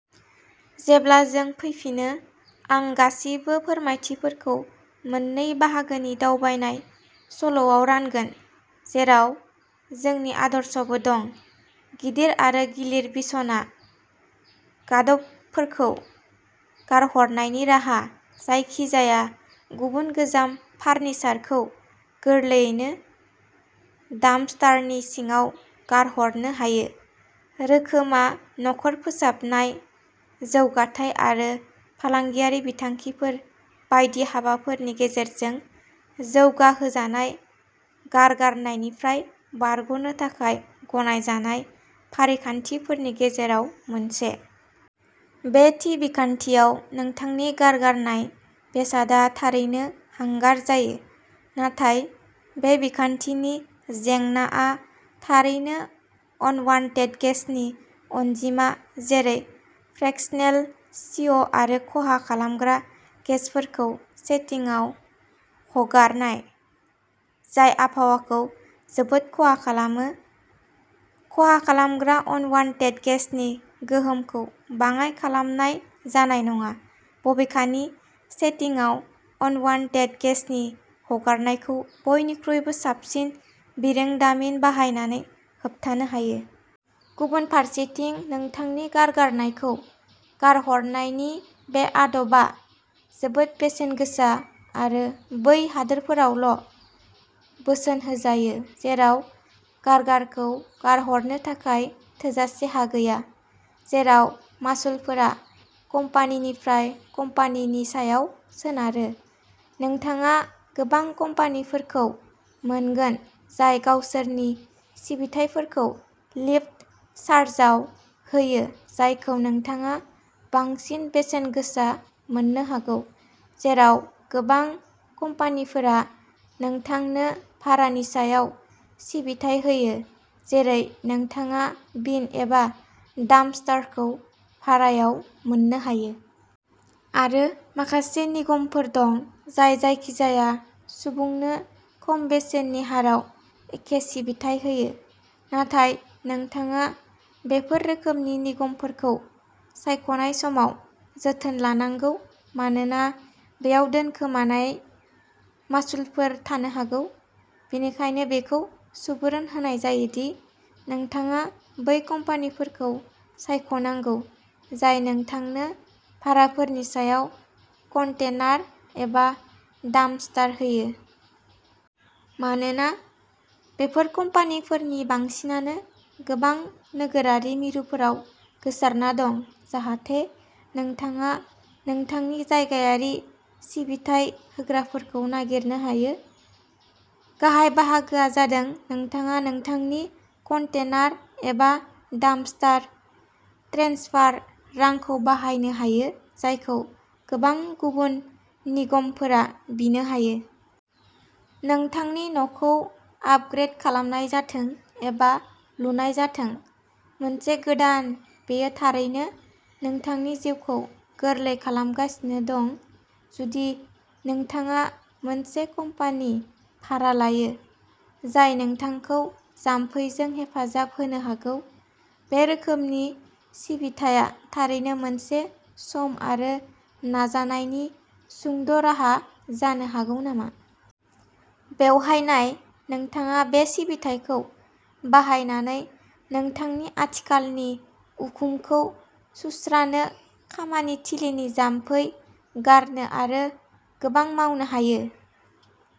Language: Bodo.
जेब्ला जों फैफिनो, आं गासिबो फोरमायथिफोरखौ मोननै बाहागोनि दावबायनाय सल'आव रानगोन, जेराव जोंनि आदर्शबो दं। गिदिर आरो गिलिर बिसना गादबफोरखौ गारहरनायनि राहा। जायखिजाया गुबुन गोजाम फार्निचारखौ गोरलैयैनो डाम्पस्टारनि सिङाव गारहरनो हायो। रोखोमआ न'खर फोसाबनाय, जौगाथाय आरो फालांगियारि बिथांखिफोर बायदि हाबाफोरनि गेजेरजों जौगाहोजानाय गारगारनायनिफ्राय बारग'नो थाखाय गनायजानाय फारिखान्थिफोरनि गेजेराव मोनसे। बे थि बिखान्थियाव नोंथांनि गारगारनाय बेसादआ थारैनो हांगार जायो, नाथाय बे बिखान्थिनि जेंनाआ थारैनो अनवान्टेड गेसनि अनजिमा जेरै फ्रेक्सनेल सिअ' आरो खहा खालामग्रा गेसाफोरखौ सेटिंआव हगारनाय जाय आबहावाखौ जोबोद खहा खालामो। खहा खालामग्रा अनवान्टेड गेसनि गोहोमखौ बाङाय खालामनाय जानाय नङा, बबेखानि सेटिंआव अनवान्टेड गेसनि हगारनायखौ बयनिख्रुइबो साबसिन बिरोंदामिन बाहायनानै होबथानो हायो। गुबुन फारसेथिं नोंथांनि गारगारनायखौ गारहरनायनि बे आदबा जोबोद बेसेन गोसा आरो बै हादोरफोरावल'बोसोन होजायो जेराव गारगारखौ गारहरनो थाखाय थोजासे हा गैया। जेराव मासुलफोरा कम्पानिनिफ्राय कम्पानिनि सायाव सोनारो। नोंथाङा गोबां कम्पानिफोरखौ मोनगोन जाय गावसोरनि सिबिथाइफोरखौ रिप्ड चार्जआव होयो, जायखौ नोंथाङा बांसिन बेसेन गोसा मोननो हागौ, जेराव गोबां कम्पानिफोरा नोंथांनो भारानि सायाव सिबिथाइ होयो, जेरै नोंथाङा बिन एबा डाम्पस्टारखौ भारायाव मोननो हायो। आरो माखासे निगमफोर दं, जाय जायखिजाया सुबुंनो खम बेसेननि हाराव एखे सिबिथाइ होयो, नाथाय नोंथाङा बेफोर रोखोमनि निगमफोरखौ सायख'नाय समाव जोथोन लानांगौ मानोना बेयाव दोनखोमानाय मासुलफोर थानो हागौ। बेनिखायनो बेखौ सुबुरुन होनाय जायो दि नोंथाङा बै कम्पानिफोरखौ सायख'नांगौ जाय नोंथांनो भाराफोरनि सायाव कन्टेनार एबा डाम्पस्टार होयो। मानोना बेफोर कम्पानिफोरनि बांसिनानो गोबां नोगोरारि मिरुफोराव गोसारना दं, जाहाथे नोंथाङा नोंथांनि जायगायारि सिबिथाइ होग्राफोरखौ नागिरनो हायो। गाहाय बाहागोआ जादों नोंथाङा नोंथांनि कन्टेनार एबा डाम्पस्टार ट्रेन्सफार रांखौ बासायनो हायो, जायखौ गोबां गुबुन निगमफोरा बिनो हायो। नोंथांनि न'खौ आपग्रेद खालामनाय जाथों एबा लुनाय जाथों। मोनसे गोदान, बेयो थारैनो नोंथांनि जिउखौ गोरलै खालामगासिनो दं, जुदि नोंथाङा मोनसे कम्पानि भारा लायो, जाय नोंथांखौ जामफैजों हेफाजाब होनो हागौ। बे रोखोमनि सिबिथाया थारैनो मोनसे सम आरो नाजानायनि सुंद'राहा जानो हागौ नामा? बेवहाय नाय। नोंथाङा बे सिबिथाइखौ बाहायनानै नोंथांनि आथिखालनि उखुमखौ सुस्रानो, खामानि थिलिनि जामफै गारनो आरो गोबां मावनो हायो।